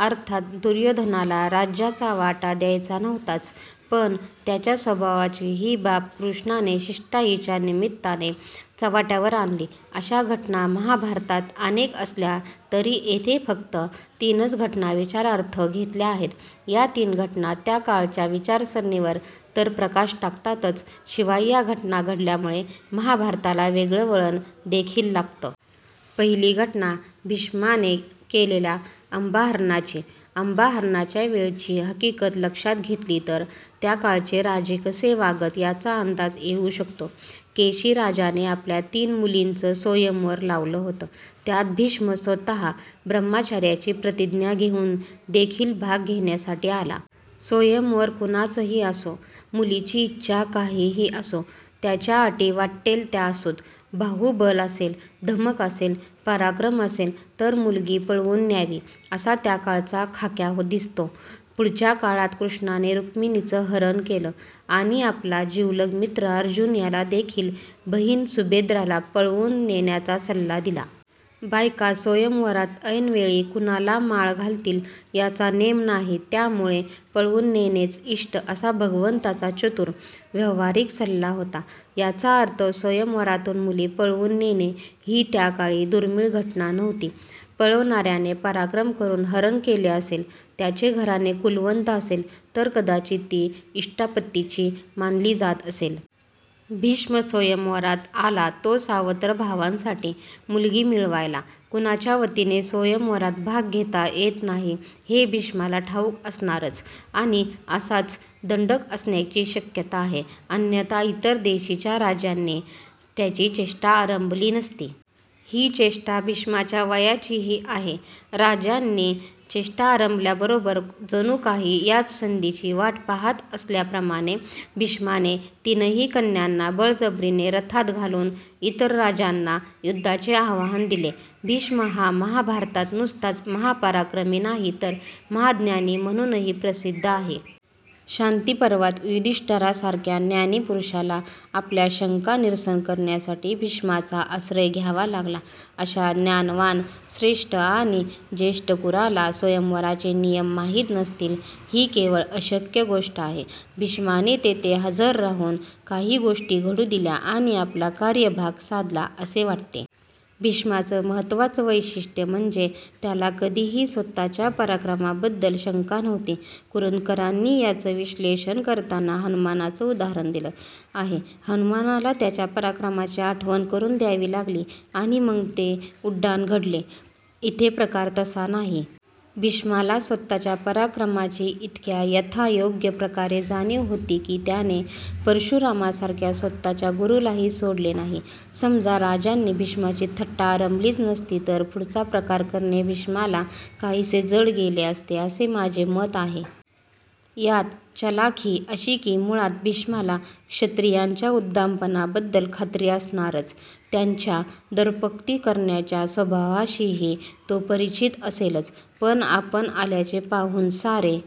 अर्थात दुर्योधनाला राज्याचा वाटा द्यायचा नव्हताच. पण त्याच्या स्वभावाची ही बाब कृष्णाने शिष्टाईच्या निमित्ताने चव्हाट्यावर आणली. अशा घटना महाभारतात अनेक असल्या तरी येथे फक्त तीनच घटना विचारार्थ घेतल्या आहेत. या तीन घटना त्या काळच्या विचारसरणीवर तर प्रकाश टाकतातच शिवाय या घटना घडल्यामुळे महाभारताला वेगळं वळण देखिल लागतं. पहिली घटना भीष्माने केलेल्या अम्बाहरणाची. अम्बाहरणाच्या वेळची हकीकत लक्षात घेतली तर त्या काळचे राजे कसे वागत याचा अंदाज येऊ शकतो. केशीराजाने आपल्या तीन मुलींचं स्वयंवर लावलं होतं. त्यात भीष्म स्वतः ब्रह्मचर्याची प्रतिज्ञा घेऊन देखिल भाग घेण्यासाठी आला. स्वयंवर कुणाचंही असो. मुलीची इच्छा काहीही असो. त्याच्या अटी वाट्टेल त्या असोत. बाहुबल असेल, धमक असेल, पराक्रम असेल तर मुलगी पळवुन न्यावी असा त्याकाळचा खाक्या दिसतो. पुढच्या काळात कृष्णाने रुक्मिणीचं हरण केलं आणि आपला जिवलग मित्र अर्जुन याला देखिल बहिण सुभद्रेला पळवुन नेण्याचा सल्ला दिला. बायका स्वयंवरात ऐनवेळी कुणाला माळ घालतील याचा नेम नाही त्यामुळे पळवुन नेणेच इष्ट असा भगवंताचा चतुर, व्यावहारिक सल्ला होता. याचा अर्थ स्वयंवरातुन मुली पळवुन नेणे ही त्याकाळी दुर्मिळ घटना नव्हती. पळवणार्याने पराक्रम करुन हरण केले असेल, त्याचे घराणे कुलवंत असेल तर कदाचित ती इष्टापत्तीच मानली जात असेल. भीष्म स्वयंवरात आला तो सावत्र भावांसाठी मुलगी मिळवायला. कुणाच्या वतीने स्वयंवरात भाग घेता येत नाही हे भीष्माला ठाऊक असणारच. आणि असाच दंडक असण्याची शक्यता आहे. अन्यथा इतर देशीच्या रा़जांनी त्याची चेष्टा आरंभली नसती. ही चेष्टा भीष्माच्या वयाचीही आहे. राजांनी चेष्टा आरंभल्याबरोबर जणुकाही याच संधीची वाट पाहात असल्याप्रमाणे भीष्माने तिन्ही कन्यांना बळजबरीने रथात घालुन इतर राजांना युद्धाचे आव्हान दिले. भीष्म हा महाभारतात नुसताच महापराक्रमी नाही तर महाज्ञानी म्हणुनही प्रसिद्ध आहे. शांतीपर्वात युधिष्ठीरासारख्या ज्ञानी पुरुषाला आपल्या शंका निरसन करण्यासाठी भीष्माचा आश्रय घ्यावा लागला. अशा ज्ञानवान, श्रेष्ठ आणि ज्येष्ठ कुरुला स्वयंवराचे नियम माहित नसतील ही केवळ अशक्य गोष्ट आहे. भीष्माने तेथे हजर राहुन काही गोष्टी घडु दिल्या आणि आपला कार्यभाग साधला असे वाटते. भीष्माचं महत्त्वाचं वैशिष्ट्य म्हणजे त्याला कधीही स्वतःच्या पराक्रमाबद्दल शंका नव्हती. कुरुंदकरांनी याचं विश्लेषण करताना हनुमानाचं उदाहरण दिलं आहे. हनुमानाला त्याच्या पराक्रमाची आठवण करुन द्यावी लागली आणि मग ते उड्डाण घडले. इथे प्रकार तसा नाही. भीष्माला स्वतःच्या पराक्रमाची इतक्या यथायोग्य प्रकारे जाणीव होती की त्याने परशुरामासारख्या स्वतःच्या गुरुलाही सोडले नाही. समजा राजांनी भीष्माची थट्टा आरंभलीच नसती तर पुढचा प्रकार करणे भीष्माला काहीसे जड गेले असते असे माझे मत आहे. यात चलाखि अशी कि मुळात भीष्माला क्षत्रियांच्या उद्दामपणाबद्दल खात्री असणारच. त्यांच्या दर्पोक्ती करण्याच्या स्वभावाशीही तो परिचित असेलच. आपण आल्याचे पाहुन सारे